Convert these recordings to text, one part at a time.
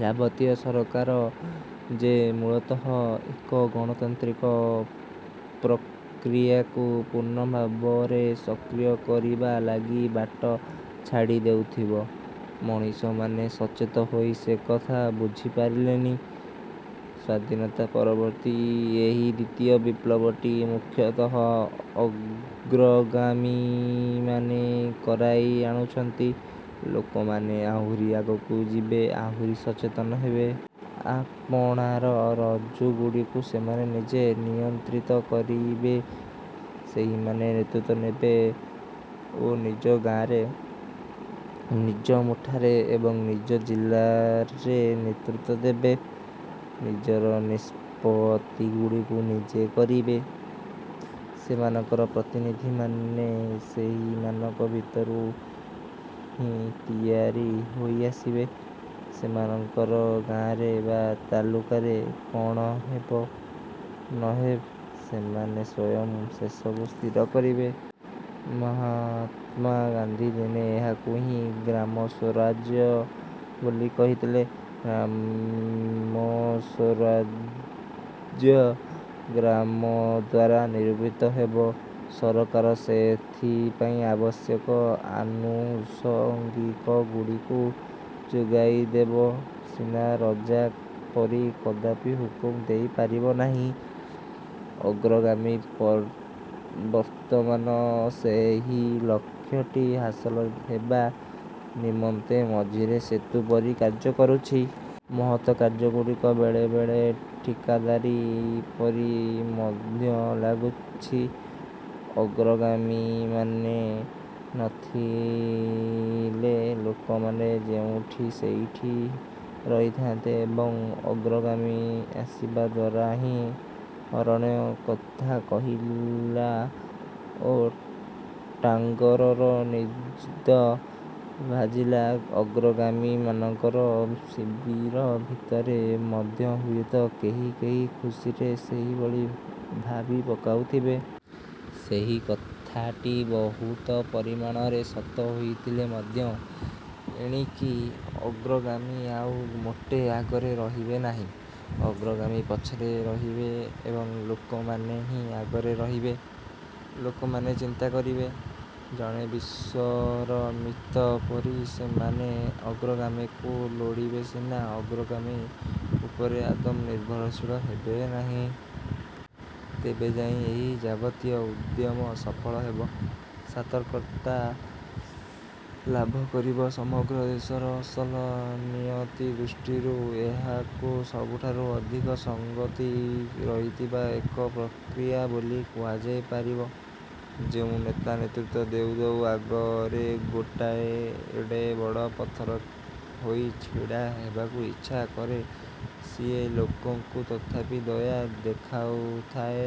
ଯାବତୀୟ ସରକାର ଯେ ମୂଳତଃ ଏକ ଗଣତାନ୍ତ୍ରିକ ପ୍ରକ୍ରିୟାକୁ ପୂର୍ଣ୍ଣ ଭାବରେ ସକ୍ରିୟ କରିବା ଲାଗି ବାଟ ଛାଡ଼ି ଦେଉଥିବ। ମଣିଷମାନେ ସଚେତ ହୋଇ ସେକଥା ବୁଝି ପାରିଲେନି। ସ୍ୱାଧୀନତା ପରବର୍ତ୍ତୀ ଏହି ଦ୍ୱିତୀୟ ବିପ୍ଳବଟି ମୁଖତଃ ଅଗ୍ରଗାମୀମାନେ କରାଇ ଆଣୁଛନ୍ତି। ଲୋକମାନେ ଆହୁରି ଆଗକୁ ଯିବେ ଆହୁରି ସଚେତନ ହେବେ। ଆପଣାର ରଜ୍ଜୁଗୁଡ଼ିକୁ ସେମାନେ ନିଜେ ନିୟନ୍ତ୍ରିତ କରିବେ। ସେହିମାନେ ନେତୃତ୍ୱ ନେବେ ଓ ନିଜ ଗାଆଁରେ ନିଜ ମୁଠାରେ ଏବଂ ନିଜ ଜିଲ୍ଲାରେ ନେତୃତ୍ୱ ଦେବେ। ନିଜର ନିଷ୍ପତ୍ତିଗୁଡ଼ିକୁ ନିଜେ କରିବେ। ସେମାନଙ୍କର ପ୍ରତିନିଧିମାନେ ସେହିମାନଙ୍କ ଭିତରୁ ହିଁ ତିଆରି ହୋଇ ଆସିବେ। ସେମାନଙ୍କର ଗାଆଁରେ ବା ତାଲୁକାରେ କଣ ହେବ ନହେ ସେମାନେ ସ୍ୱୟଂ ସେସବୁ ସ୍ଥିର କରିବେ। ମହାତ୍ମା ଗାନ୍ଧୀ ଦିନେ ଏହାକୁ ହିଁ ଗ୍ରାମସ୍ଵରାଜ୍ୟ ବୋଲି କହିଥିଲେ। ଗ୍ରାମସ୍ଵରାଜ୍ୟ ଗ୍ରାମ ଦ୍ୱାରା ନିରୂପିତ ହେବ। ସରକାର ସେଥିପାଇଁ ଆବଶ୍ୟକ ଆନୁଷଙ୍ଗିକଗୁଡ଼ିକୁ ଯୋଗାଇଦେବ ସିନା ରଜା ପରି କଦାପି ହୁକୁମ ଦେଇ ପାରିବ ନାହିଁ। ଅଗ୍ରଗାମୀ ବର୍ ବର୍ତ୍ତମାନ ସେହି ଲକ୍ଷ୍ୟଟି ହାସଲ ହେବା ନିମନ୍ତେ ମଝିରେ ସେତୁ ପରି କାର୍ଯ୍ୟ କରୁଛି। ମହତ୍ କାର୍ଯ୍ୟଗୁଡ଼ିକ ବେଳେ ବେଳେ ଠିକାଦାରୀ ପରି ମଧ୍ୟ ଲାଗୁଛି। ଅଗ୍ରଗାମୀମାନେ ନଥିଲେ ଲୋକମାନେ ଯେଉଠି ସେଇଠି ରହିଥାନ୍ତେ ଏବଂ ଅଗ୍ରଗାମୀ ଆସିବା ଦ୍ୱାରା ହିଁ ଅରଣ୍ୟ କଥା କହିଲା ଓ ଟାଙ୍ଗରର ନିଦ ଭାଜିଲା ଅଗ୍ରଗାମୀମାନଙ୍କର ଶିବିର ଭିତରେ ମଧ୍ୟ ହୁଏତ କେହି କେହି ଖୁସିରେ ସେହିଭଳି ଭାବି ପକାଉଥିବେ। ସେହି କଥାଟି ବହୁତ ପରିମାଣରେ ସତ ହୋଇଥିଲେ ମଧ୍ୟ ଏଣିକି ଅଗ୍ରଗାମୀ ଆଉ ମୋଟେ ଆଗରେ ରହିବେ ନାହିଁ। ଅଗ୍ରଗାମୀ ପଛରେ ରହିବେ ଏବଂ ଲୋକମାନେ ହିଁ ଆଗରେ ରହିବେ। ଲୋକମାନେ ଚିନ୍ତା କରିବେ। ଜଣେ ବିଶ୍ୱର ମିତ ପରି ସେମାନେ ଅଗ୍ରଗାମୀକୁ ଲୋଡ଼ିବେ ସିନା ଅଗ୍ରଗାମୀ ଉପରେ ଆଦୌ ନିର୍ଭରଶୀଳ ହେବେନାହିଁ। ତେବେଯାଇଁ ଏଇ ଯାବତୀୟ ଉଦ୍ୟମ ସଫଳ ହେବ। ସାଥର୍କତା ଲାଭ କରିବ ସମଗ୍ର ଦେଶର ଅସଲ ନିୟତି ଦୃଷ୍ଟିରୁ ଏହାକୁ ସବୁଠାରୁ ଅଧିକ ସଂଗତି ରହିଥିବା ଏକ ପ୍ରକ୍ରିୟା ବୋଲି କୁହାଯାଇ ପାରିବ। ଯେଉଁ ନେତା ନେତୃତ୍ୱ ଦେଉ ଦେଉ ଆଗରେ ଗୋଟାଏ ଏଡ଼େ ବଡ଼ ପଥର ହୋଇ ଛିଡ଼ା ହେବାକୁ ଇଚ୍ଛା କରେ ସିଏ ଲୋକଙ୍କୁ ତଥାପି ଦୟା ଦେଖାଉଥାଏ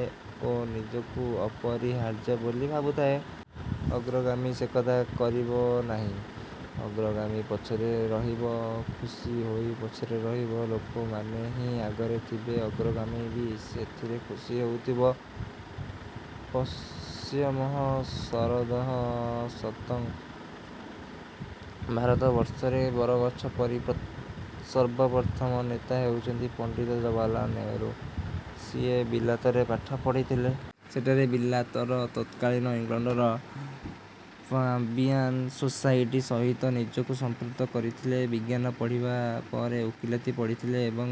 ଓ ନିଜକୁ ଅପରିହାର୍ଯ୍ୟ ବୋଲି ଭାବୁଥାଏ। ଅଗ୍ରଗାମୀ ସେକଥା କରିବ ନାହିଁ। ଅଗ୍ରଗାମୀ ପଛରେ ରହିବ ଖୁସି ହୋଇ ପଛରେ ରହିବ। ଲୋକମାନେ ହିଁ ଆଗରେ ଥିବେ ଅଗ୍ରଗାମୀ ବି ସେଥିରେ ଖୁସି ହେଉଥିବ। ପଶ୍ୟେମଃ ଶରଦଃ ଶତଂ ଭାରତବର୍ଷରେ ବରଗଛ ପରି ପ୍ର ସର୍ବପ୍ରଥମ ନେତା ହେଉଛନ୍ତି ପଣ୍ଡିତ ଜବାହରଲାଲ୍ ନେହରୁ। ସିଏ ବିଲାତରେ ପାଠ ପଢ଼ିଥିଲେ । ସେଠାରେ ବିଲାତର ତତ୍କାଳୀନ ଇଂଲଣ୍ଡର ପାଂବିଆନ୍ ସୋସାଇଟି ସହିତ ନିଜକୁ ସମ୍ପୃକ୍ତ କରିଥିଲେ ବିଜ୍ଞାନ ପଢିବା ପରେ ଓକିଲାତି ପଢ଼ିଥିଲେ ଏବଂ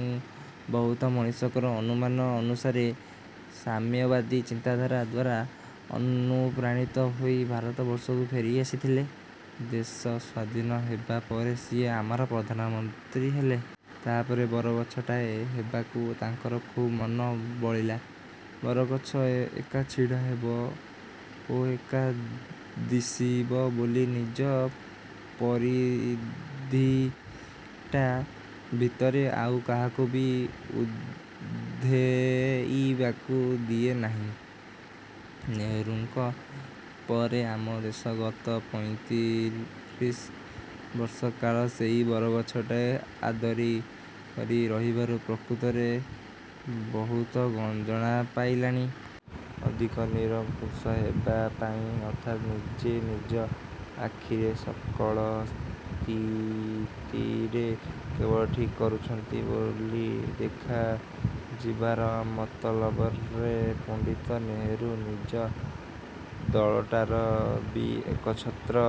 ବହୁତ ମଣିଷଙ୍କର ଅନୁମାନ ଅନୁସାରେ ସାମ୍ୟବାଦୀ ଚିନ୍ତାଧାରା ଦ୍ୱାରା ଅନୁପ୍ରାଣିତ ହୋଇ ଭାରତବର୍ଷକୁ ଫେରି ଆସିଥିଲେ। ଦେଶ ସ୍ୱାଧୀନ ହେବା ପରେ ସିଏ ଆମର ପ୍ରଧାନମନ୍ତ୍ରୀ ହେଲେ। ତାପରେ ବରଗଛଟାଏ ହେବାକୁ ତାଙ୍କର ଖୁବ୍ ମନ ବଳିଲା। ବରଗଛ ଏକା ଛିଡ଼ା ହେବ ଓ ଏକା ଦିଶିବ ବୋଲି ନିଜ ପରିଧିଟା ଭିତରେ ଆଉ କାହାକୁ ବି ଉଧେଇବାକୁ ଦିଏ ନାହିଁ। ନେହେରୁଙ୍କ ପରେ ଆମ ଦେଶ ଗତ ପଇଁତ୍ରିଶି ବର୍ଷ କାଳ ସେଇ ବରଗଛଟାଏ ଆଦରି କରି ରହିବାରୁ ପ୍ରକୃତରେ ବହୁତ ଗଞ୍ଜଣା ପାଇଲାଣି। ଅଧିକ ନିରଙ୍କୁଶ ହେବା ପାଇଁ ଅର୍ଥାତ୍ ନିଜେ ନିଜ ଆଖିରେ ସକଳ ସ୍ଥିତିରେ କେବଳ ଠିକ୍ କରୁଛନ୍ତି ବୋଲି ଦେଖାଯିବାର ମତଲବରେ ପଣ୍ଡିତ ନେହରୁ ନିଜ ଦଳଟାର ବି ଏକଚ୍ଛତ୍ର